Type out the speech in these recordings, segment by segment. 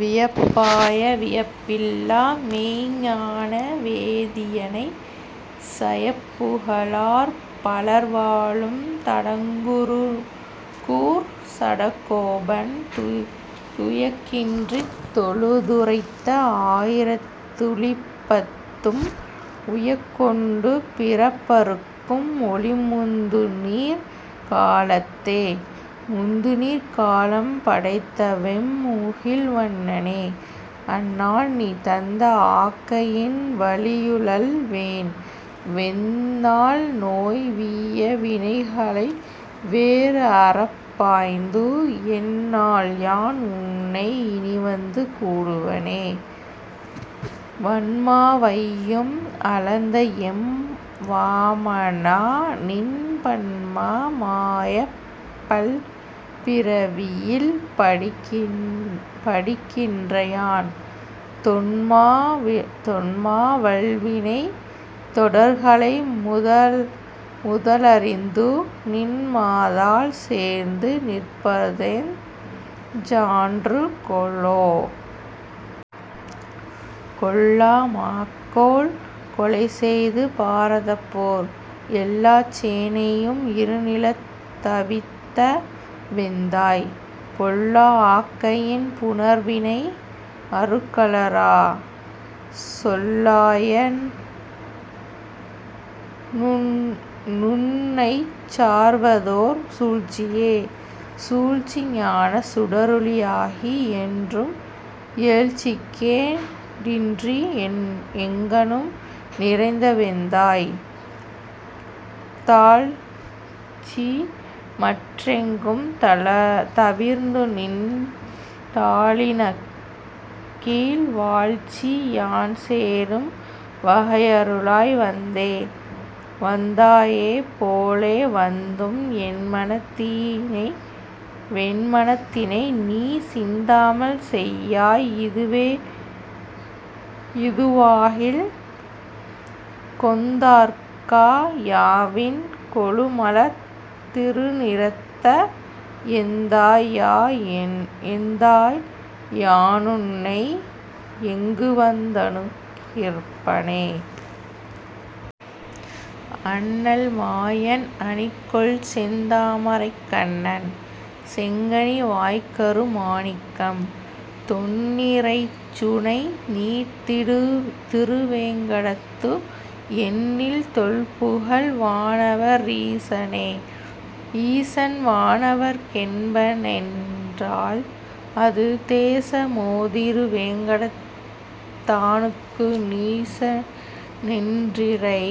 வியப்பாய வியப்பில்லா மெய்ஞ்ஞான வேதியனை, சயப்புகழார் பலர்வாழும் தடங்குருகூர் சடகோபன், துயக்கின்றித் தொழுதுரைத்த ஆயிரத்து ளிப்பத்தும், உயக்கொண்டு பிறப்பறுக்கும் ஒலிமுந்துநீர் ஞாலத்தே. முந்துநீர் ஞாலம் படைத்தவெம் முகில்வண்ணனே, அந்நாள்நீ தந்த ஆக்கையின் வழியுழல்வேன், வெந்நாள்நோய் வீய வினைகளைவேர் அறப்பாய்ந்து, எந்நாள்யான் உன்னை இனிவந்து கூடுவனே?.. வன்மா வையம் அளந்த எம் வாமனா, நின் பன்மா மாயப் பல்பிறவியில் படிகின்றயான், தொன்மா வல்வினைத் தொடர்களை முதலரிந்து, நின்மாதாள் சேர்ந்து நிற்பதெஞ் ஞான்றுகொலோ?.. கொல்லா மாக்கோல் கொலைசெய்து பாரதப்போர், எல்லாச் சேனையும் இருநிலத் தவித்தவெந்தாய், பொல்லா ஆக்கையின் புணர்வினை அறுக்கலறா, சொல்லாய்யா னுன்னைச் சார்வதோர் சூழ்ச்சியே... சூழ்ச்சி ஞானச் சுடரொளி யாகி, என்றும் ஏழ்ச்சிக்கே டின்றி எங்கணும் நிறைந்தவெந்தாய், தாழ்ச்சிமற் றெங்கும் தவிர்ந்துநின் தாளிணக்கீழ் வாழ்ச்சி, யான் சேரும் வகையருளாய் வந்தே... வந்தாய்போ லேவந்தும் என்மனத் தினைநீ, சிந்தாமல் செய்யாய் இதுவே யிதுவாகில், கொந்தார்க்கா யாவின் கொழுமலர்த் திருநிறத்த எந்தாய், யா னுன்னை எங்குவந் தணுகிற்பனே?.. அண்ணல் மாயன் அணிகொள்செந் தாமரைக் கண்ணன், செங்கனி வாய்க்கரு மாணிக்கம், தொண்ணி றைச்சுனை நீர்த்திரு வேங்கடத்து, எண்ணில் தொல்புகழ் வானவ ரீசனே.. ஈசன் வானவர்க் கென்பனென் றால், அது தேச மோதிரு வேங்கடத் தானுக்கு?, நீச னென்நிறை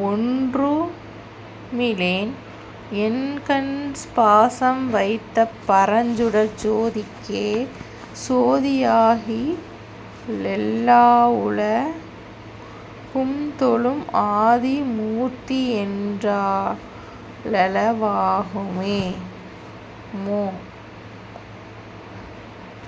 வொன்றுமி லேன், என்கண் பாசம் வைத்த பரஞ்சுடர்ச் சோதிக்கே.. சோதி யாகியெல் லாவுல கும்தொழும், ஆதி மூர்த்தியென் றாலள வாகுமோ?,